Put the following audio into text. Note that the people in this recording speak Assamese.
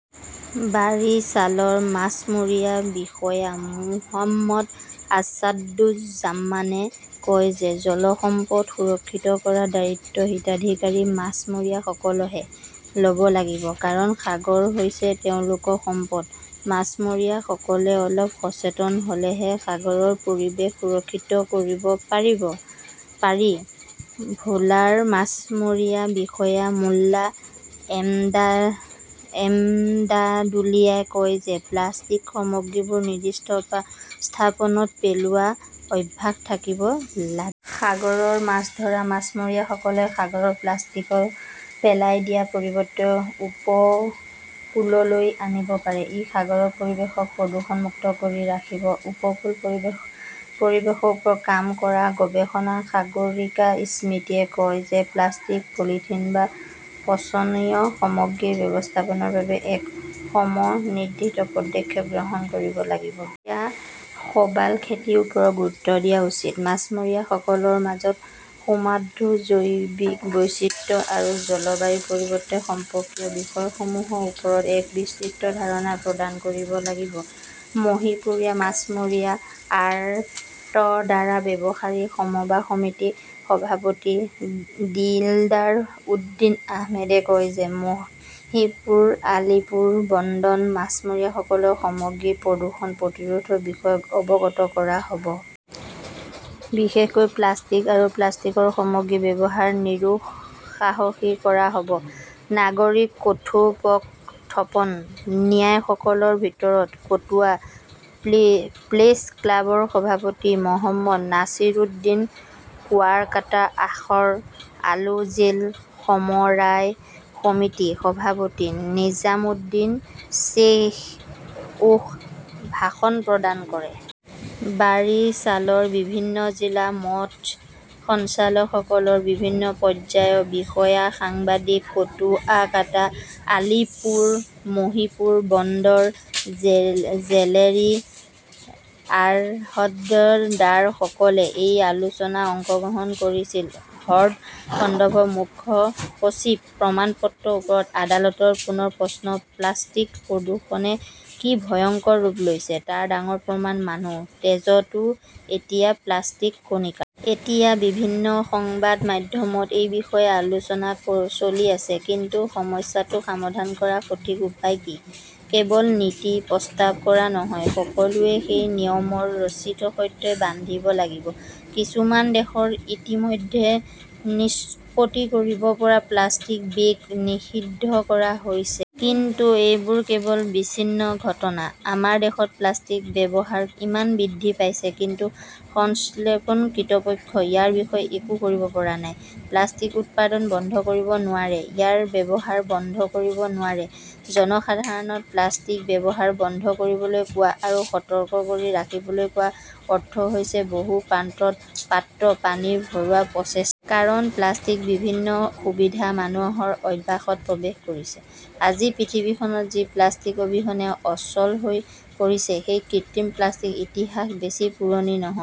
বাৰিছালৰ মাছমৰীয়া বিষয়া মো. আছাদুজ্জমানে কয় যে, "জল সম্পদ সুৰক্ষিত কৰাৰ দায়িত্ব হিতাধিকাৰী মাছমৰীয়াসকলেহে ল'ব লাগিব। কাৰণ, সাগৰ হৈছে তেওঁলোকৰ সম্পদ। মাছমৰীয়াসকলে অলপ সচেতন হ'লেহে সাগৰৰ পৰিৱেশ সুৰক্ষিত কৰিব পাৰি।" ভোলাৰ মাছমৰীয়া বিষয়া মোল্লা এমদাদুলিয়াই কয় যে, "প্লাষ্টিকৰ সামগ্ৰীবোৰ নিৰ্দিষ্ট স্থানত পেলোৱাৰ অভ্যাস থাকিব লাগিব। সাগৰত মাছ ধৰা মাছমৰীয়াসকলে সাগৰত প্লাষ্টিক পেলাই দিয়াৰ পৰিৱৰ্তে উপকূললৈ আনিব পাৰে। ই সাগৰৰ পৰিৱেশক প্ৰদূষণ মুক্ত কৰি ৰাখিব।" উপকূলৰ পৰিৱেশ-পৰিৱেশৰ ওপৰত কাম কৰা গৱেষক সাগৰিকা স্মৃতিয়ে কয় যে, "প্লাষ্টিক-পলিথিন বা অপচনীয় সামগ্ৰী ব্যৱস্থাপনাৰ বাবে এক সমন্বিত পদক্ষেপ গ্ৰহণ কৰিব লাগিব। সাগৰীয় শৈবাল খেতিৰ ওপৰত গুৰুত্ব দিয়া উচিত। মাছমৰীয়াসকলৰ মাজত সামুদ্ৰিক জৈৱ বৈচিত্ৰ্য আৰু জলবায়ু পৰিৱৰ্তন সম্পৰ্কীয় বিষয়সমূহৰ ওপৰত এক বিস্তৃত ধাৰণা প্ৰদান কৰিব লাগিব।" মহীপুৰ মাছমৰীয়া আৰতদাৰ ব্যৱসায়ী সমবায় সমিতিৰ সভাপতি দীদাৰ উদ্দীন আহমেদে কয় যে, "মহীপুৰ-আলীপুৰ বন্দৰৰ মাছমৰীয়াসকলক সামুদ্ৰিক প্ৰদূষণ প্ৰতিৰোধৰ বিষয়ে অৱগত কৰা হ'ব। বিশেষকৈ প্লাষ্টিক আৰু প্লাষ্টিকৰ সামগ্ৰীৰ ব্যৱহাৰক নিৰুৎসাহিত কৰা হ'ব।" নাগৰিকৰ কথোপকথনত অন্যান্যসকলৰ ভিতৰত কুৱাকাটা প্ৰেছ ক্লাবৰ সভাপতি মো. নাছিৰ উদ্দীন, কুৱাকাটা আশৰ আলো জেল সমবায় সমিতিৰ সভাপতি নিজাম উদ্দীন শ্বেইখেও ভাষণ প্ৰদান কৰে। বাৰিছালৰ বিভিন্ন জিলাৰ মৎস্য সঞ্চালকালয়ৰ বিভিন্ন পৰ্যায়ৰ বিষয়া, সাংবাদিক, কুৱাকাটা, আলীপুৰ আৰু মহীপুৰ বন্দৰৰ জেলেৰী, আৰহতদাৰসকলে এই আলোচনাত অংশগ্ৰহণ কৰিছিল। হ্ৰদ সন্দৰ্ভত মুখ্য সচিবৰ প্ৰমাণপত্ৰৰ ওপৰত আদালতৰ পুনৰ প্ৰশ্ন প্লাষ্টিকৰ প্ৰদূষণে কি ভয়ংকৰ ৰূপ লৈছে তাৰ ডাঙৰ প্ৰমাণ, মানুহৰ তেজতো এতিয়া প্লাষ্টিকৰ কণিকা। এতিয়া বিভিন্ন সংবাদ মাধ্যমত এই বিষয়ে আলোচনা চলি আছে। কিন্তু সমস্যাটো সমাধান কৰাৰ সঠিক উপায় কি? কেৱল নীতি প্ৰস্তুত কৰাই নহয়, সকলোৱে সেই নিয়মৰ ৰছীৰ সৈতে বান্ধিব লাগিব। কিছুমান দেশত ইতিমধ্যে নিষ্পত্তি কৰিব পৰা প্লাষ্টিকৰ বেগ নিষিদ্ধ কৰা হৈছে। কিন্তু এইবোৰ কেৱল বিচ্ছিন্ন ঘটনা। আমাৰ দেশত প্লাষ্টিকৰ ব্যৱহাৰ ইমান বৃদ্ধি পাইছে, কিন্তু সংশ্লিষ্ট কৰ্তৃপক্ষই ইয়াৰ বিষয়ে একো কৰিব পৰা নাই। প্লাষ্টিকৰ উৎপাদন বন্ধ কৰিব নোৱাৰে, ইয়াৰ ব্যৱহাৰ বন্ধ কৰিব নোৱাৰে। জনসাধাৰণক প্লাষ্টিকৰ ব্যৱহাৰ বন্ধ কৰিবলৈ কোৱা আৰু সতৰ্ক কৰি ৰাখিবলৈ কোৱাৰ অৰ্থ হৈছে বহু-প্ৰান্তৰ পাত্ৰত পানী ভৰোৱাৰ প্ৰচেষ্টা। কাৰণ, প্লাষ্টিকৰ বিভিন্ন সুবিধা মানুহৰ অভ্যাসত প্ৰৱেশ কৰিছে। আজিৰ পৃথিৱীখন যি প্লাষ্টিক অবিহনে অচল হৈ পৰিছে, সেই কৃত্ৰিম প্লাষ্টিকৰ ইতিহাস বেছি পুৰণি নহয়।